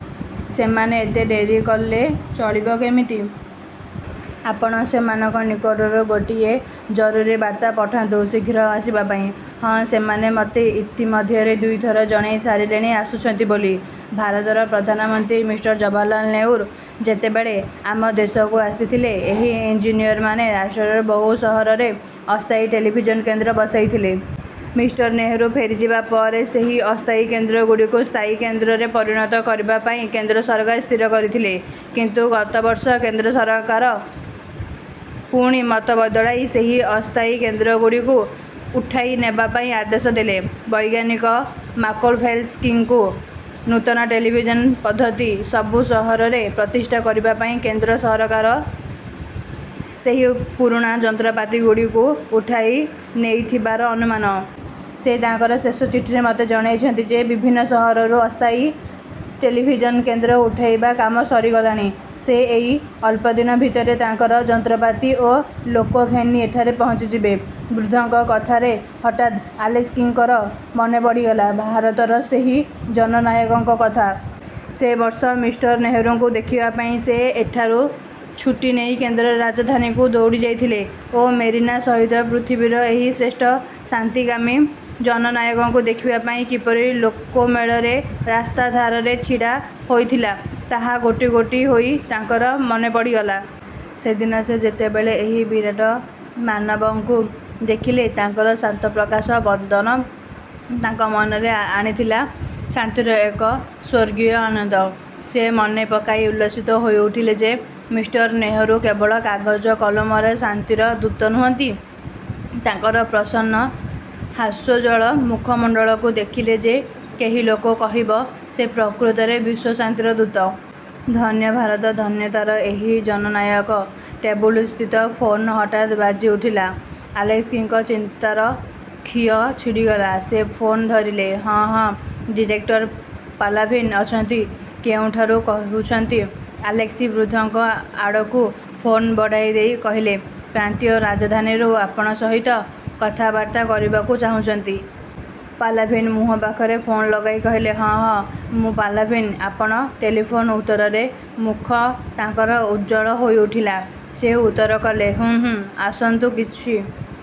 ସେମାନେ ଏତେ ଡେରି କଲେ ଚଳିବ କେମିତି? ଆପଣ ସେମାନଙ୍କ ନିକଟରୁ ଗୋଟିଏ ଜରୁରୀ ବାର୍ତ୍ତା ପଠାନ୍ତୁ ଶୀଘ୍ର ଆସିବା ପାଇଁ। '' ''ହଁ, ସେମାନେ ମୋତେ ଇତି ମଧ୍ୟରେ ଦୁଇଥର ଜଣାଇ ସାରିଲେଣି ଆସୁଛନ୍ତି ବୋଲି-। ଭାରତର ପ୍ରଧାନମନ୍ତ୍ରୀ ମି. ଜବାହାରଲାଲ୍ ନେହେରୁ ଯେତେବେଳେ ଆମ ଦେଶକୁ ଆସିଥିଲେ ଏହି ଇଞ୍ଜିନିୟରମାନେ ରାଷ୍ଟ୍ରର ବହୁ ସହରରେ ଅସ୍ଥାୟୀ ଟେଲିଭିଜନ୍ କେନ୍ଦ୍ର ବସାଇଥିଲେ-। ମିଷ୍ଟର୍ ନେହେରୁ ଫେରିଯିବା ପରେ ସେହି ଅସ୍ଥାୟୀ କେନ୍ଦ୍ର ଗୁଡ଼ିକୁ ସ୍ଥାୟୀ କେନ୍ଦ୍ରରେ ପରିଣତ କରିବା ପାଇଁ କେନ୍ଦ୍ର ସରକାର ସ୍ଥିର କରିଥିଲେ। କିନ୍ତୁ ଗତବର୍ଷ କେନ୍ଦ୍ରସରକାର ପୁଣି ମତ ବଦଳାଇ ସେହି ଅସ୍ଥାୟୀ କେନ୍ଦ୍ରଗୁଡ଼ିକୁ ଉଠାଇ ନେବା ପାଇଁ ଆଦେଶ ଦେଲେ। ବୈଜ୍ଞାନିକ ମାକୋଭେଲସ୍କିଙ୍କୁ ନୂତନ ଟେଲିଭିଜନ୍ ପଦ୍ଧତି ସବୁ ସହରରେ ପ୍ରତିଷ୍ଠା କରିବାପାଇଁ କେନ୍ଦ୍ର ସରକାର ସେହି ପୁରୁଣା ଯନ୍ତ୍ରପାତିଗୁଡ଼ିକୁ ଉଠାଇ ନେଇଥିବାର ଅନୁମାନ। ସେ ତାଙ୍କର ଶେଷ ଚିଠିରେ ମୋତେ ଜଣାଇଛନ୍ତି ଯେ, ବିଭିନ୍ନ ସହରରୁ ଅସ୍ତାୟୀ ଟେଲିଭିଜନ୍ କେନ୍ଦ୍ର ଉଠାଇବା କାମ ସରିଗଲାଣି। ସେ ଏଇ ଅଳ୍ପଦିନ ଭିତରେ ତାଙ୍କର ଯନ୍ତ୍ରପାତି ଓ ଲୋକ ଘେନି ଏଠାରେ ପହଞ୍ଚିଯିବେ। '' ବୃଦ୍ଧଙ୍କ କଥାରେ ହଠାତ୍ ଆଲେସ୍କିଙ୍କର ମନେପଡ଼ିଗଲା, ଭାରତର ସେହି ଜନନାୟକଙ୍କ କଥା। ସେ ବର୍ଷ ମିଷ୍ଟର ନେହୁରୁଙ୍କୁ ଦେଖିବା ପାଇଁ ସେ ଏଠାରୁ ଛୁଟି ନେଇ କେନ୍ଦ୍ର ରାଜଧାନୀକୁ ଦୌଡ଼ିଯାଇଥିଲେ ଓ ମେରିନା ସହିତ ପୃଥିବୀର ଏହି ଶ୍ରେଷ୍ଠ ଶାନ୍ତିକାମୀ ଜନନାୟକଙ୍କୁ ଦେଖିବାପାଇଁ କିପରି ଲୋକମେଳରେ ରାସ୍ତାଧାରରେ ଛିଡ଼ା ହୋଇଥିଲା, ତାହା ଗୋଟି ଗୋଟି ହୋଇ ତାଙ୍କର ମନେ ପଡ଼ିଗଲା। ସେଦିନ ସେ ଯେତେବେଳେ ଏହି ବିରାଟ ମାନବଙ୍କୁ ଦେଖିଲେ, ତାଙ୍କର ଶାନ୍ତପ୍ରଶାନ୍ତ ବଦନ ତାଙ୍କ ମନରେ ଆଣିଥିଲା ଶାନ୍ତିର ଏକ ସ୍ୱର୍ଗୀୟ ଆନନ୍ଦ। ସେ ମନେ ପକାଇ ଉଲ୍ଲସିତ ହୋଇଉଠିଲେ ଯେ ମିଷ୍ଟର୍ ନେହେରୁ କେବଳ କାଗଜ-କଲମରେ ଶାନ୍ତିର ଦୂତ ନୁହନ୍ତି; ତାଙ୍କର ପ୍ରସନ୍ନ ହାସ୍ୟୋଜ୍ୱଳ ମୂଖମଣ୍ଡଳକୁ ଦେଖିଲେ ଯେ କେହି ଲୋକ କହିବ, ସେ ପ୍ରକୃତରେ ବିଶ୍ୱଶାନ୍ତିର ଦୂତ। ଧନ୍ୟ ଭାରତ! ଧନ୍ୟ ତା'ର ଏହି ଜନନାୟକ! ଟେବୁଲସ୍ଥିତ ଫୋନ୍ ହଠାତ୍ ବାଜିଉଠିଲା।। ଆଲେସ୍କିଙ୍କ ଚିନ୍ତାର ଖିଅ ଛିଡ଼ିଗଲା–ସେ ଫୋନ୍ ଧରିଲେ। ''ହଁ, ହଁ, ଡିରେକ୍ଟର ପାଲାଭିନ୍ ଅଛନ୍ତି। କେଉଁଠାରୁ କହୁଛନ୍ତି? '' ଆଲେସ୍କି ବୃଦ୍ଧଙ୍କ ଆଡ଼କୁ ଫୋନ୍ ବଢ଼ାଇଦେଇ କହିଲେ, ''ପ୍ରାନ୍ତୀୟ ରାଜଧାନୀରୁ ଆପଣଙ୍କ ସହିତ କଥାବାର୍ତ୍ତା କରିବାକୁ ଚାହୁଁଚନ୍ତି। '' ପାଲାଭିନ୍ ମୁହଁ ପାଖରେ ଫୋନ୍ ଲଗାଇ କହିଲେ–''ହଁ, ହଁ, ମୁଁ ପାଲାଭିନ୍, ଆପଣ….. -?'' ଟେଲିଫୋନ୍ର ଉତ୍ତରରେ ମୁଖ ତାଙ୍କର ଉଜ୍ଜଳ ହୋଇଉଠିଲା। ସେ ଉତ୍ତର କଲେ, ''ହୁଁ, ହୁଁ ଆସନ୍ତୁ, କିଛି